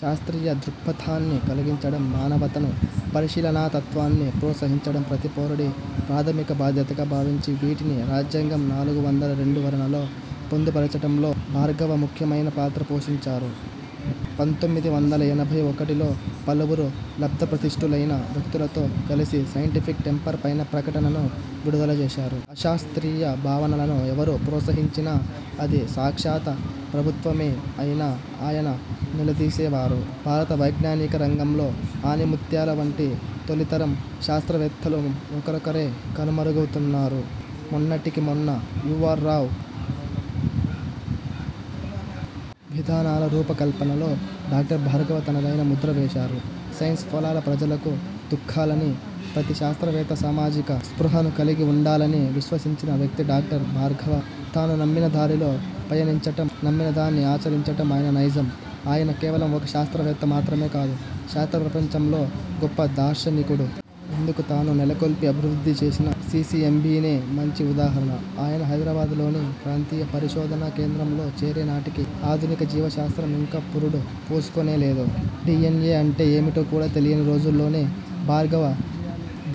శాస్ర్తీయ దృక్పథాన్ని కలిగించటం, మానవతను, పరిశీలనాతత్వాన్ని ప్రోత్సహించటం ప్రతి పౌరుడి ప్రాథమిక బాధ్యతగా భావించి వీటిని రాజ్యాంగం నాలుగు వందల రెండు వరణలో పొందుపరచటంలో భార్గవ ముఖ్యమైన పాత్ర పోషించారు. పంతొమ్మిది వందల ఎనభై ఒకటిలో పలువురు లబ్దప్రతిష్టులైన వ్యక్తులతో కలిసి సైంటిఫిక్ టెంపర్ పైన ప్రకటనను విడుదల చేశారు. అశాస్ర్తీయ భావనలను ఎవరు ప్రోత్సహించినా, అది సాక్షాత ప్రభుత్వమే అయినా ఆయన నిలదీసేవారు. భారత వైజ్ఞానిక రంగంలో ఆణిముత్యాల వంటి తొలితరం శాస్త్రవత్తేలు ఒకరొకరే కనుమరుగవుతున్నారు. మొన్నటికి మొన్న యు. ఆర్. రావు, నిన్న యశ్పాల్, ఇప్పుడు డాక్టర్ పి. యం. భార్గవ మృతి దేశ శాస్త్ర రంగానికి తీరని లోటు. విధానాల రూపకల్పనలో డాక్టర్ భార్గవ తనదైన ముద్ర వేశారు. సైన్సు ఫలాలు ప్రజలకు దక్కాలనీ, ప్రతి శాస్త్రవేత్త సామాజిక స్పృహను కలిగి ఉండాలనీ విశ్వసించిన వ్యక్తి డాక్టర్ భార్గవ. తాను నమ్మిన దారిలో పయనించటం, నమ్మిన దాన్ని ఆచరించటం ఆయన నైజం. ఆయన కేవలం ఒక శాస్త్రవేత్త మాత్రమే కాదు శాస్త్ర ప్రపంచంలో గొప్ప దార్శనికుడు. ఇందుకు తాను నెలకొల్పి, అభివృద్ధి చేసిన సీసీఎంబీనే మంచి ఉదాహరణ. ఆయన హైదరాబాద్లోని ప్రాంతీయ పరిశోధనా కేంద్రం లో చేరే నాటికి ఆధునిక జీవ శాస్త్రం ఇంకా పురుడు పోసుకోనే లేదు. డీఎన్ఏ అంటే ఏమిటో కూడా తెలియని రోజుల్లోనే భార్గవ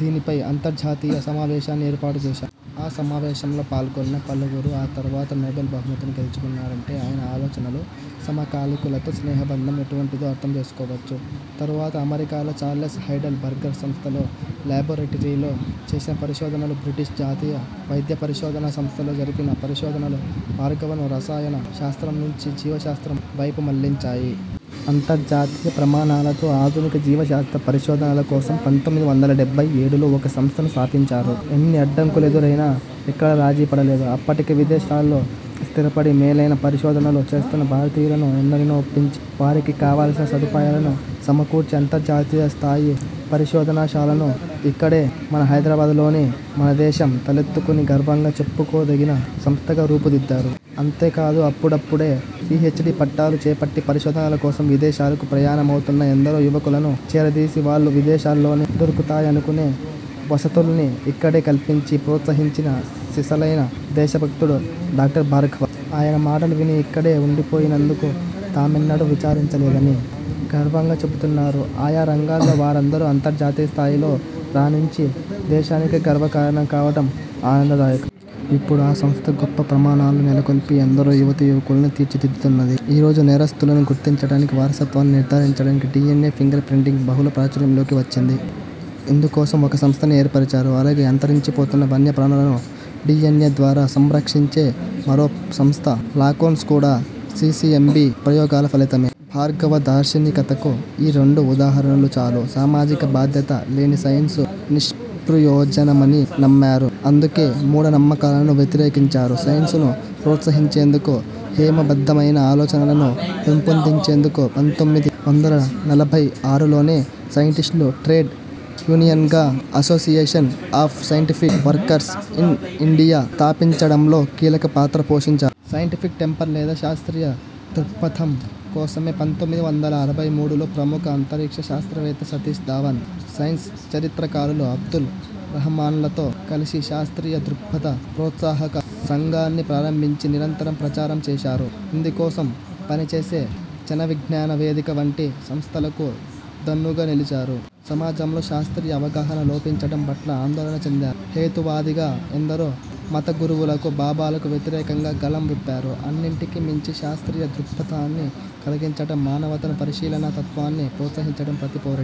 దీనిపై అంతర్జాతీయ సమావేశాన్ని ఏర్పాటుచేశారు. ఆ సమావేశంలో పాల్గొన్న పలువురు ఆ తర్వాత నోబెల్ బహుమతిని గెల్చుకున్నారంటే ఆయన ఆలోచనలు, సమకాలికులతో స్నేహ బంధం ఎటువంటిదో అర్థం చేసుకోవచ్చు. తర్వాత అమెరికాలో ఛార్లెస్ హైడెల్ బర్గర్ సంస్థలో లాబొరేటరీలో చేసిన పరిశోధనలు, బ్రిటిష్ జాతీయ వైద్య పరిశోధనా సంస్థలో జరిపిన పరిశోధనలు భార్గవను రసాయన శాస్త్రం నుంచి జీవశాస్త్రం వైపు మళ్లించాయి. అంతర్జాతీయ ప్రమాణాలతో ఆధునిక జీవశాస్త్ర పరిశోధనల కోసం పంతొమ్మిది వందల డెబ్బై ఏడులో ఒక సంస్థను స్థాపించారు. ఎన్ని అడ్డంకులెదురైనా ఎక్కడా రాజీపడలేదు. అప్పటికే విదేశాల్లో స్థిరపడి మేలైన పరిశోధనలు చేస్తున్న భారతీయులను ఎందరినో ఒప్పించి, వారికి కావలసిన సదుపాయాలను సమకూర్చి అంతర్జాతీయ స్థాయి పరిశోధనాశాలను ఇక్కడే, మన హైదరాబాద్లోనే మనదేశం తలెత్తుకుని గర్వంగా చెప్పుకోదగిన సంస్థగా రూపుదిద్దారు. అంతేకాదు, అప్పుడప్పుడే పీహెచ్డీ పట్టాలు చేపట్టి పరిశోధనల కోసం విదేశాలకు ప్రయాణమవుతున్న ఎందరో యువకులను చేరదీసి వాళ్లు విదేశాల్లోనే దొరుకుతాయనుకునే వసతుల్ని ఇక్కడే కల్పించి ప్రోత్సహించిన సిసలైన దేశభక్తుడు డాక్టర్ భార్గవ. ఆయన మాటలు విని ఇక్కడే ఉండిపోయినందుకు తామెన్నడూ విచారించలేదని గర్వంగా చెబుతున్నారు. ఆయా రంగాల్లో వారందరూ అంతర్జాతీయ స్థాయిలో రాణించి దేశానికే గర్వకారణం కావటం ఆనందదాయకం. ఇప్పుడా సంస్థ గొప్ప ప్రమాణాలు నెలకొల్పి ఎందరో యువతీయువకుల్ని తీర్చిదిద్దుతున్నది. ఈ రోజు నేరస్థులను గుర్తించటానికి, వారసత్వాన్ని నిర్ధారించటానికి డీఎన్ఏ ఫింగర్ ప్రింటింగ్ బహుళ ప్రాచుర్యంలోకి వచ్చింది. ఇందుకోసం ఒక సంస్థనే ఏర్పరిచారు. అలాగే అంతరించిపోతున్న వన్యప్రాణులను డీఎన్ఏ ద్వారా సంరక్షించే మరో సంస్థ లాకోన్స్ కూడా సీసీఎంబీ ప్రయోగాల ఫలితమే. భార్గవ దార్శనికతకు ఈ రెండు ఉదాహరణలు చాలు. సామాజిక బాధ్యత లేని సైన్సు నిష్ప్రయోజనమని నమ్మారు. అందుకే మూఢనమ్మకాలను వ్యతిరేకించారు. సైన్సును ప్రోత్సహించేందుకు, హేతుబద్దమైన ఆలోచనలను పెంపొందించేందుకు పంతొమ్మిది వందల నలభై ఆరులోనే సైంటిస్టుల ట్రేడ్ యూనియన్గా association of scientific workers in India స్థాపించడంలో కీలక పాత్ర పోషించారు. సైంటిఫిక్ టెంపర్ లేదా శాస్ర్తీయ దృక్పథం కోసమే పంతొమ్మిది వందల అరవై మూడులో ప్రముఖ అంతరిక్ష శాస్త్రవేత్త సతీష్ ధావన్, సైన్సు చరిత్రకారులు అబ్దుల్ రహమాన్లతో కలిసి శాస్ర్తీయ దృక్పథ ప్రోత్సాహక సంఘాన్ని ప్రారంభించి నిరంతరం ప్రచారం చేశారు. ఇందుకోసం పనిచేసే జనవిజ్ఞాన వేదిక వంటి సంస్థలకు దన్నుగా నిలిచారు. సమాజంలో శాస్ర్తీయ అవగాహన లోపించటం పట్ల ఆందోళన చెందారు. హేతువాదిగా ఎందరో మతగురువులకు, బాబాలకు వ్యతిరేకంగా గళం విప్పారు. అన్నింటికీ మించి శాస్ర్తీయ దృక్పథాన్ని కలిగించటం, మానవతను, పరిశీలనా తత్వాన్ని ప్రోత్సహించటం ప్రతి పౌరుడి